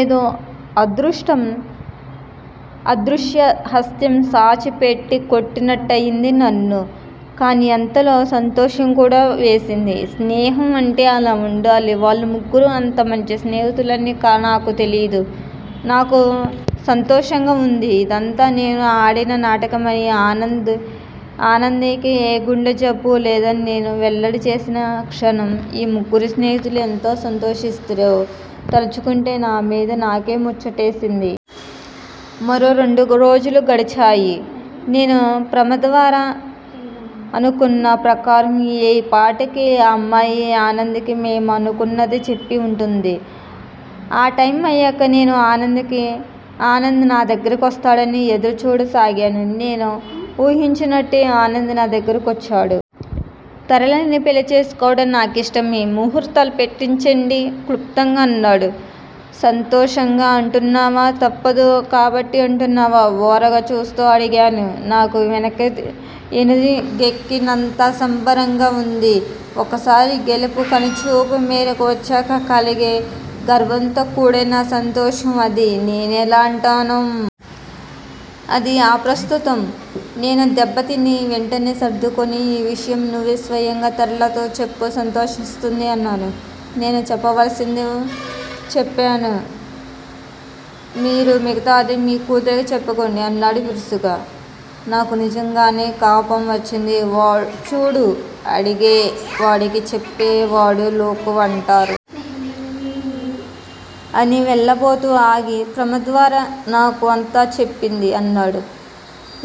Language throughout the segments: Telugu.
ఏదో అదృశ్య హస్తం సాచి పెట్టి కొట్టినట్టయింది నన్ను. కానీ అంతలో సంతోషం కూడా వేసింది. స్నేహం అంటే అలా వుండాలి. వాళ్ళు ముగ్గురూ అంత మంచి స్నేహితులని నాకు తెలీదు. నాకు సంతోషంగా వుంది. ఇదంతా నేను ఆడిన నాటకమనీ, ఆనంద్ కి ఏ గుండె జబ్బూ లేదని నేను వెల్లడి చేసిన క్షణం ఈ ముగ్గురు స్నేహితులూ ఎంత సంతోషిస్తారో తల్చుకుంటే నా మీద నాకే ముచ్చటేసింది. మరో రెండు రోజులు గడిచాయి. నేనూ ప్రమద్వరా అనుకున్న ప్రకారం ఈ పాటికి ఆ అమ్మాయి ఆనంద్ కి మేమనుకున్నది చెప్పి వుంటుంది. ఆ టైమ్ అయ్యాక నేను ఆనంద్ నా దగ్గిరకి వస్తాడని ఎదురు చూడసాగాను. నేను వూహించినట్టే ఆనంద్ నా దగ్గిర కొచ్చాడు. తరళని పెళ్ళి చేసుకోవటం నా కిష్టమే. ముహూర్తాలు పెట్టించండి క్లుప్తంగా అన్నాడు. సంతోషంగా అంటున్నావా? తప్పదు కాబట్టి అంటున్నావా? ఓరగా చూస్తూ అడిగాను. నాకు ఏనుగెక్కినంత సంబరంగా వుంది. ఒకసారి గెలుపు కనుచూపు మేరకు వచ్చాక కలిగే గర్వంతో కూడిన సంతోషం అది. నేనెలా అంటేనేం? అది అప్రస్తుతం. నేను దెబ్బతిని, వెంటనే సర్దుకుని, ఈ విషయం నువ్వే స్వయంగా తరళతో చెప్పు సంతోషిస్తుంది అన్నాను. నేను చెప్పవలసింది చెప్పాను. మీరు మిగతాది మీ కూతురికి చెప్పుకోండి అన్నాడు విసురుగా. నాకు నిజంగానే కోపం వచ్చింది. చూడూ! అడిగే వాడికి చెప్పేవాడు లోకువ అంటారు. అని వెళ్ళ బోతూ ఆగి, ప్రమద్వర నాకు అంతా చెప్పింది అన్నాడు.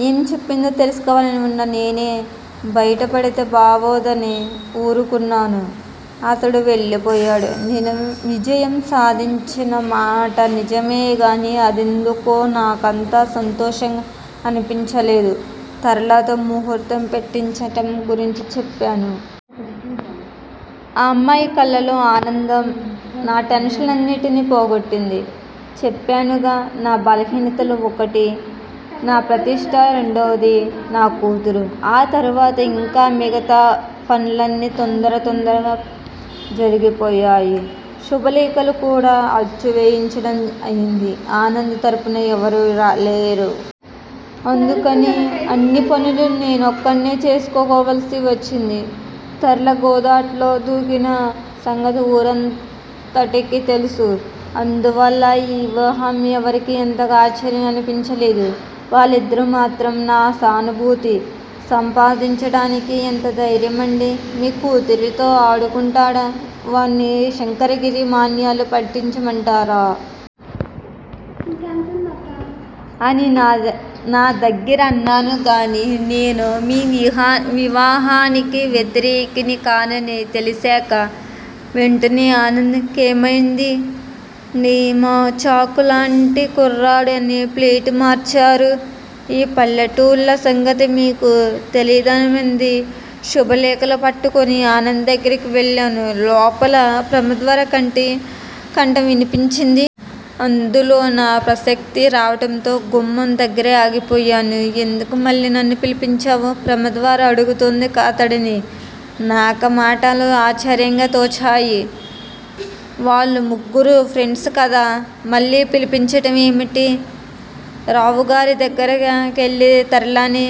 ఏం చెప్పిందో తెలుసుకోవాలని వున్నా నేనే బయట పడితే బావోదని వూరుకున్నాను. అతడు వెళ్ళిపోయాడు. నేను విజయం సాధించిన మాట నిజమే గానీ, అదెందుకో నా కంత సంతోషంగా అనిపించలేదు. తరళతో ముహూర్తం పెట్టించటం గురించి చెప్పాను. ఆ అమ్మాయి కళ్ళలో ఆనందం- నా టెన్షన్లన్నిటినీ పోగొట్టింది. చెప్పానుగా నా బలహీనతలు ఒకటి నా ప్రతిష్ట రెండోది నా కూతురు. ఆ తరువాత ఇంకా మిగతా పన్లన్నీ తొందర తొందరగా జరిగిపోయాయి. శుభలేఖలు కూడా అచ్చు వేయించడం అయింది. ఆనంద్ తరఫున ఎవరూ లేరు. అందుకని అన్ని పనులూ నేనొక్కన్నే చూసుకోవలసి వచ్చింది. తరళ గోదాట్లో దూకిన సంగతి ఊరంటికీ తెలుసు. అందువల్ల ఈ వివాహం ఎవరికీ అంతగా ఆశ్చర్యం అనిపించలేదు. ఒకళ్ళిద్దరు మాత్రం నా సానుభూతి సంపాదించటానికి- ఎంత ధైర్యమండి, మీ కూతురితో ఆడుకుంటాడా- వాన్ని శంకరగిరి మాన్యాలు పట్టించమంటారా? అని నా దగ్గిర అన్నారు గానీ, నేను ఈ వివాహానికి వ్యతిరేకిని కానని తెలిశాక, వెంటనే ఆనంద్ కేమండీ? చాకులాంటి కుర్రాడు అని ప్లేటు మార్చారు. ఈ పల్లెటూళ్ళ సంగతి మీకు తెలియన్దేముంది? శుభలేఖలు పట్టుకుని ఆనంద్ దగ్గిరకి వెళ్ళాను. లోపల ప్రమద్వర కంఠం వినిపించింది. అందులో నా ప్రసక్తి రావటంతో గుమ్మం దగ్గిరే ఆగిపోయాను. ఎందుకు మళ్ళీ నన్ను పిలిపించావు? ప్రమద్వర అడుగుతోంది అతడిని. నాకా మాటలు ఆశ్చర్యంగా తోచాయి. వాళ్ళు ముగ్గురూ ఫ్రెండ్స్ కదా మళ్ళీ పిలిపించటం ఏమిటి? రావుగారి దగ్గిర కెళ్ళి తరళని